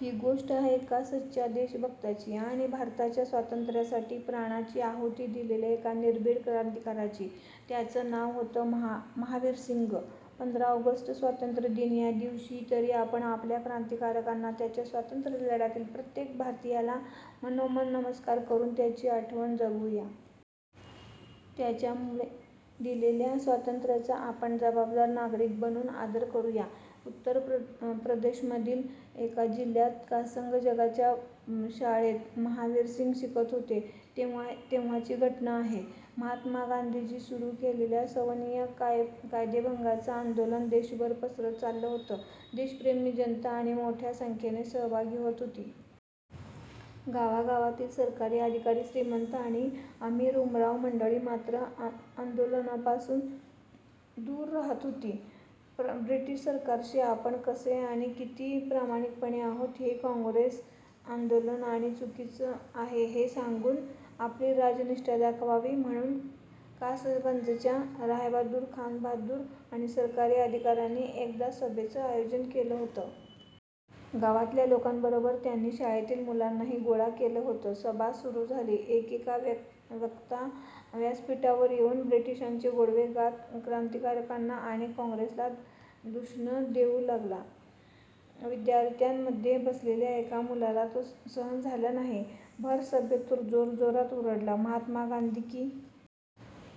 ही गोष्ट आहे एका सच्च्या देशभक्ताची आणि भारताच्या स्वातंत्र्यासाठी प्राणाची आहुती दिलेल्या एका निर्भीड क्रांतिकारकाची. त्याचं नाव होतं महा महावीरसिंग! पंधरा ऑगस्ट स्वातंत्र्यदिन. या दिवशी तरी आपण आपल्या क्रांतिकारकांना आणि स्वातंत्र्यलढ्यातील प्रत्येक भारतीयाला मनोमन नमस्कार करून त्यांची आठवण जागवूया. त्यांच्यामुळे मिळालेल्या स्वातंत्र्याचा आपण जबाबदार नागरिक बनून आदर करूया. उत्तर प्रदेशमधील एका जिल्ह्यातील कासगंजच्या शाळेत महावीरसिंग शिकत होते, तेव्हाची घटना आहे. महात्मा गांधीजींनी सुरू केलेल्या सविनय कायदेभंगाचं आंदोलन देशभर पसरत चाललं होतं. देशप्रेमी जनता त्यात मोठ्या संख्येने सहभागी होत होती. गावागावांतील सरकारी अधिकारी, श्रीमंत आणि अमीर-उमराव मंडळी मात्र आंदोलनापासून दूर राहत होती. ब्रिटिश सरकारशी आपण कसे आणि किती प्रामाणिक आहोत आणि काँग्रेसचं आंदोलन किती चुकीचं आहे हे सांगून आपली राजनिष्ठा दाखवावी, म्हणून कासगंजच्या रायबहादूर खानबहादूर आणि सरकारी अधिकाऱ्यांनी एकदा सभेचं आयोजन केलं होतं. गावातल्या लोकांबरोबर त्यांनी शाळेतील मुलांनाही गोळा केलं होतं. सभा सुरू झाली. एकेक वक्ता व्यासपीठावर येऊन ब्रिटिशांचे गोडवे गात क्रांतिकारकांना आणि काँग्रेसला दूषणं देऊ लागला. विद्यार्थ्यांमध्ये बसलेल्या एका मुलाला ते सहन झालं नाही. भर सभेत तो जोरात ओरडला, 'महात्मा गांधी की...'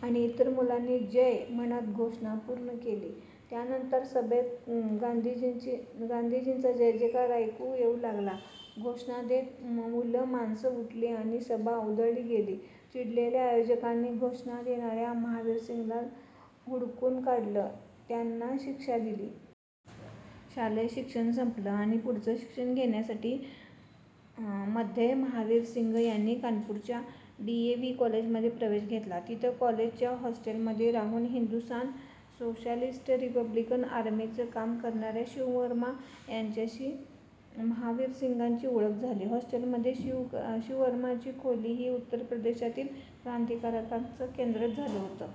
आणि इतर मुलांनी 'जय' म्हणत घोषणा पूर्ण केली. त्यानंतर सभेत गांधीजींचा जयजयकारच ऐकू येऊ लागला. घोषणा देत मुलं-माणसं उठली आणि सभा उधळली गेली. चिडलेल्या आयोजकांनी घोषणा देणाऱ्या महावीरसिंगांना हुडकून काढलं. त्यांना शिक्षा दिली. शालेय शिक्षण संपलं आणि पुढचं शिक्षण घेण्यासाठी मध्ये महावीरसिंग यांनी कानपूरच्या डी. ए. व्ही. कॉलेजमध्ये प्रवेश घेतला. तिथं कॉलेजच्या हॉस्टेलमध्ये राहून 'हिंदुस्थान सोशॅलिस्ट रिपब्लिकन आर्मी'चं काम करणाऱ्या शिववर्मा यांच्याशी महावीरसिंगांची ओळख झाली. हॉस्टेलमधील शिववर्मांची खोली ही उत्तर प्रदेशातील क्रांतिकारकांचं केंद्रच झालं होतं.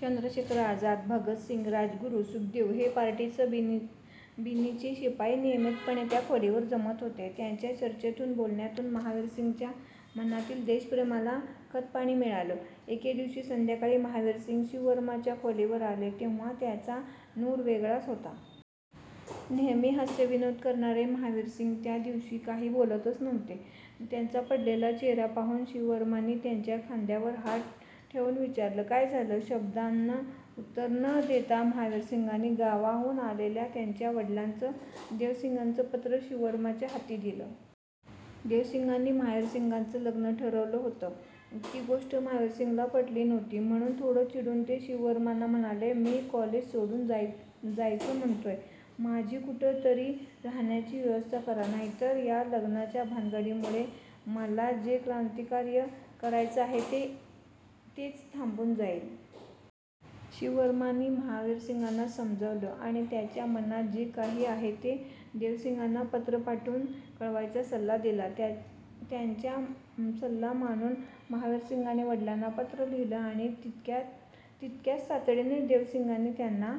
चंद्रशेखर आझाद, भगतसिंग, राजगुरू, सुखदेव हे पार्टीचे बिनीचे शिपाई नियमितपणे त्या खोलीवर जमत असत. त्यांच्या चर्चेतून, बोलण्यातून महावीरसिंगांच्या मनातील देशप्रेमाला खतपाणी मिळालं. एके दिवशी संध्याकाळी महावीरसिंग शिववर्मांच्या खोलीवर आले तेव्हा त्यांचा नूर वेगळाच होता. नेहमी हास्यविनोद करणारे महावीरसिंग त्या दिवशी काही बोलतच नव्हते. त्यांचा पडलेला चेहरा पाहून शिववर्मांनी त्यांच्या खांद्यावर हात ठेवून विचारलं, 'काय झालं?' शब्दानं उत्तर न देता महावीरसिंगांनी गावाहून आलेलं त्यांच्या वडिलांचं- देवीसिंगांचं पत्र शिववर्मांच्या हाती दिलं. देवीसिंगांनी महावीरसिंगांचं लग्न ठरविलं होतं, ती गोष्ट महावीरसिंगांना पटली नव्हती. म्हणून थोडं चिडूनच ते शिववर्मांना म्हणाले, 'मी कॉलेज सोडून जायचं म्हणतोय, माझी कुठे तरी राहण्याची व्यवस्था करा. नाहीतर या लग्नाच्या भानगडीमुळे मला जे क्रांतिकार्य करायचं आहे तेच थांबून जाईल.' शिववर्मांनी महावीरसिंगांना समजावलं आणि त्यांच्या मनात जे काही आहे ते देवीसिंगांना पत्र पाठवून कळवायचा सल्ला दिला. त्यांचा सल्ला मानून महावीरसिंगांनी वडिलांना पत्र लिहिलं आणि तितक्याच तातडीनं देवीसिंगांनी त्यांना